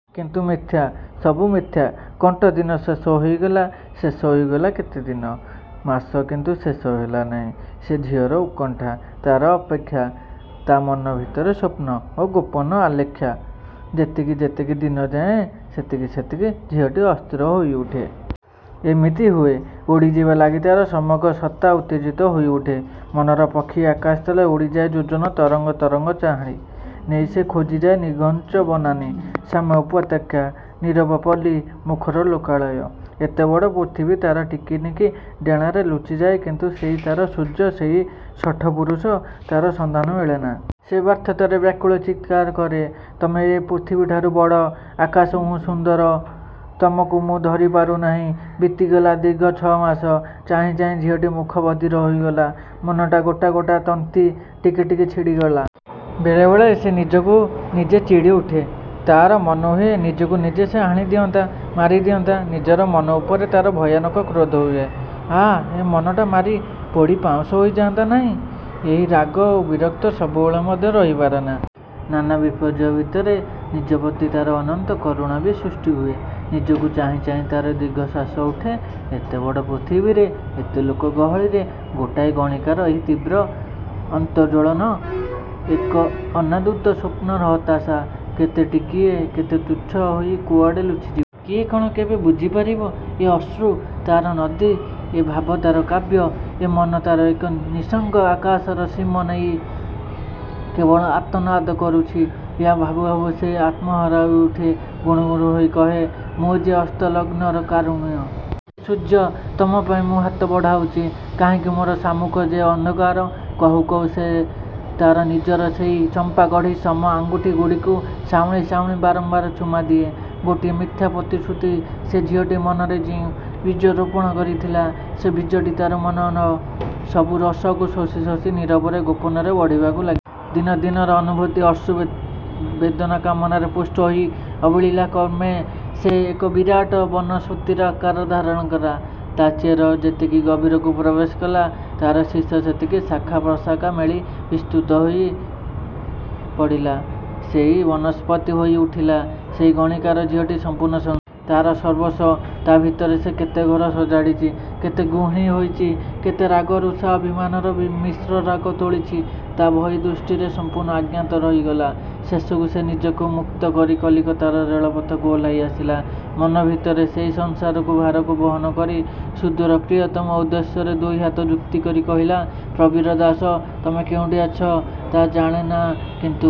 କିନ୍ତୁ ମିଥ୍ୟା, ସବୁ ମିଥ୍ୟା? କଣ୍ଟ ଦିନ ଶେଷ ହୋଇଗଲା। ଶେଷ ହୋଇଗଲା କେତେ ଦିନ, ମାସ କିନ୍ତୁ ଶେଷ ହେଲା ନାହିଁ ସେ ଝିଅର ଉତ୍କଣ୍ଠା, ତାର ଅପେକ୍ଷା, ତା ମନ ଭିତରେ ସ୍ଵପ୍ନ ଓ ଗୋପନ ଆଲେଖ୍ୟ। ଯେତିକି ଯେତିକି ଦିନ ଯାଏ ସେତିକି ସେତିକି ଝିଅଟି ଅସ୍ଥିର ହୋଇ ଉଠେ। ଏମିତି ହୁଏ, ଉଡ଼ିଯିବାଲାଗି ତାର ସମଗ୍ର ସତ୍ତା ଉତ୍ତେଜିତ ହୋଇ ଉଠେ। ମନର ପକ୍ଷୀ ଆକାଶ ତଳେ ଉଡ଼ିଯାଏ ଯୋଜନ ତରଙ୍ଗ ତରଙ୍ଗ ଚାହାଣି ନେଇ ସେ ଖୋଜିଯାଏ ନିଘଞ୍ଚ ବନାନୀ, ଶ୍ୟାମ ଉପତ୍ୟକା, ନୀରବ ପଲ୍ଲୀ, ମୁଖର ଲୋକାଳୟ। ଏତେବଡ଼ ପୃଥିବୀ ତା ଟିକିନିକି ଡେଣାରେ ଲୁଚିଯାଏ କିନ୍ତୁ ସେଇ ତାର ସୂର୍ଯ୍ୟ, ସେହି ଶଠ ପୂରୁଷ, ତାର ସନ୍ଧାନ ମିଳେନା। ସେ ବ୍ୟର୍ଥତାରେ ବ୍ୟାକୁଳ ଚିତ୍କାର କରେ। ତମେ ଏ ପୃଥିବୀଠାରୁ ବଡ଼, ଆକାଶ ହୁଁ ସୁଦୂର। ତମକୁ ମୁଁ ଧରି ପାରୁ ନାହିଁ । ବିତିଗଲା ଦୀର୍ଘ ଛ ମାସ। ଚାହିଁ ଚାହିଁ ଝିଅଟି ମୁକ ବଧିର ହୋଇଗଲା। ମନର ଗୋଟା ଗୋଟା ତନ୍ତ୍ରୀ ଟିକି ଟିକି ଛିଡ଼ିଗଲା। ବେଳେ ବେଳେ ସେ ନିଜକୁ ନିଜେ ଚିଡ଼ି ଉଠେ। ତାର ମନ ହୁଏ ନିଜକୁ ନିଜେ ସେ ହାଣିଦିଅନ୍ତା, ମାରିଦିଅନ୍ତା। ନିଜର ମନ ଉପରେ ତାର ଭୟାନକ କ୍ରୋଧ ହୁଏ, ଆଃ ଏ ମନଟା ମାରି ପୋଡ଼ି ପାଉଁଶ ହୋଇ ଯାଆନ୍ତା ନାହିଁ? ଏହି ରାଗ ଓ ବିରକ୍ତ ସବୁବେଳେ ମଧ୍ୟ ରହି ପାରେନା। ନାନା ବିପର୍ଯ୍ୟୟ ଭିତରେ ନିଜପ୍ରତି ତାର ଅନନ୍ତ କରୁଣା ବି ସୃଷ୍ଟି ହୁଏ। ନିଜକୁ ଚାହିଁ ଚାହିଁ ତାର ଦୀର୍ଘଶ୍ଵାସ ଉଠେ। ଏତେ ବଡ଼ ପୃଥିବୀରେ ଏତେ ଲୋକ ଗହଳିରେ, ଗୋଟାଏ ଗଣିକାର ଏହି ତୀବ୍ର ଅନ୍ତର୍ଜ୍ୱଳନ ଏକ ଅନାଦୃତ ସ୍ୱପ୍ନର ହତାଶା। କେତେ ଟିକିଏ, କେତେ ତୁଚ୍ଛ ହୋଇ କୁଆଡ଼େ ଲୁଚିଯିବ। କିଏ କଣ କେବେ ବୁଝି ପାରିବ, ଏ ଅଶ୍ରୁ, ତାର ନଦୀ। ଏ ଭାବ ତାର କାବ୍ୟ, ଏ ମନ ତାର ଏକ ନିଃସଙ୍ଗ ଆକାଶର ସୀମା ନେଇ କେବଳ ଆର୍ତ୍ତନାଦ କରୁଛି? ଏହା ଭାବୁ ଭାବୁ ସେ ଆତ୍ମହରା ହୋଇଉଠେ। ଗୁଣୁ ଗୁଣୁ ହୋଇ କହେ, ମୁଁ ଯେ ଅସ୍ତ ଲଗ୍ନର କାରୁଣ୍ୟ । ହେ ସୂର୍ଯ୍ୟ, ତମପାଇଁ ମୁଁ ହାତ ବଢ଼ାଉଛି କାହିଁକି ମୋର ସାମ୍ମୁଖ ଯେ ଅନ୍ଧକାର। କହୁ କହୁ ସେ ତାର ନିଜର ସେହି ଚମ୍ପାକଢ଼ି ସମ ଆଙ୍ଗୁଠିଗୁଡ଼ିକୁ ସାଉଁଳି ସାଉଁଳି ବାରମ୍ବାର ଚୁମା ଦିଏ । ଗୋଟିଏ ମିଥ୍ୟା ପ୍ରତିଶ୍ରୁତି ସେ ଝିଅଟି ମନରେ ଯେଉଁ ବୀଜ ରୋପଣ କରିଥିଲା, ସେ ବୀଜଟି ତା ମନର ସବୁ ରସକୁ ଶୋଷି ଶୋଷି ନୀରବରେ, ଗୋପନରେ ବଢ଼ିବାକୁ ଲାଗିଲା। ଦିନଦିନର ଅନୁଭୂତି ଅଶ୍ରୁ, ବେଦନା କାମନାରେ ପୁଷ୍ଟହୋଇ ଅବଲୀଳାକ୍ରମେ ସେ ଏକ ବିରାଟ ବନସ୍ଵତିର ଆକାର ଧାରଣ କଲା। ତା ଚେର ଯେତିକି ଗଭୀରକୁ ପ୍ରବେଶ କଲା ତାର ଶୀର୍ଷ ସେତିକି ଶାଖା, ପ୍ରଶାଖା ମେଲି ବିସୃତ ହୋଇ ପଡ଼ିଲା। ସେଇ ବନସ୍ପତି ହୋଇ ଉଠିଲା, ସେଇ ଗଣିକା ଝିଅଟିର ସମ୍ପୂର୍ଣ୍ଣ ସଂସାର। ତାର ସର୍ବସ୍ଵ, ତା ଭିତରେ ସେ କେତେଘର ସଜାଡ଼ିଛି କେତେ ଗୃହିଣୀ ହୋଇଛି କେତେ ରାଗ ରୁଷା, ଅଭିମାନର ମିଶ୍ରରାଗ ତୋଳିଛି ତା ବହି ଦୃଷ୍ଟିରେ ସମ୍ପୂର୍ଣ୍ଣ ଅଜ୍ଞାତ ରହିଗଲା। ଶେଷକୁ ସେ ନିଜକୁ ମୁକ୍ତ କରି କଲିକତାର ରେଳପଥକୁ ଓହ୍ଲାଇ ଆସିଲା। ମନ ଭିତରେ ସେଇ ସଂସାରର ଭାରକୁ ବହନ କରି ସୁଦୂର ପ୍ରିୟତମ ଉଦ୍ଦେଶ୍ୟରେ ଦୁଇ ହାତ ଯୁକ୍ତକରି କହିଲା, ପ୍ରବୀର ଦାସ। ତମେ କେଉଁଠି ଅଛ ତା ଜଣେ ନା କିନ୍ତୁ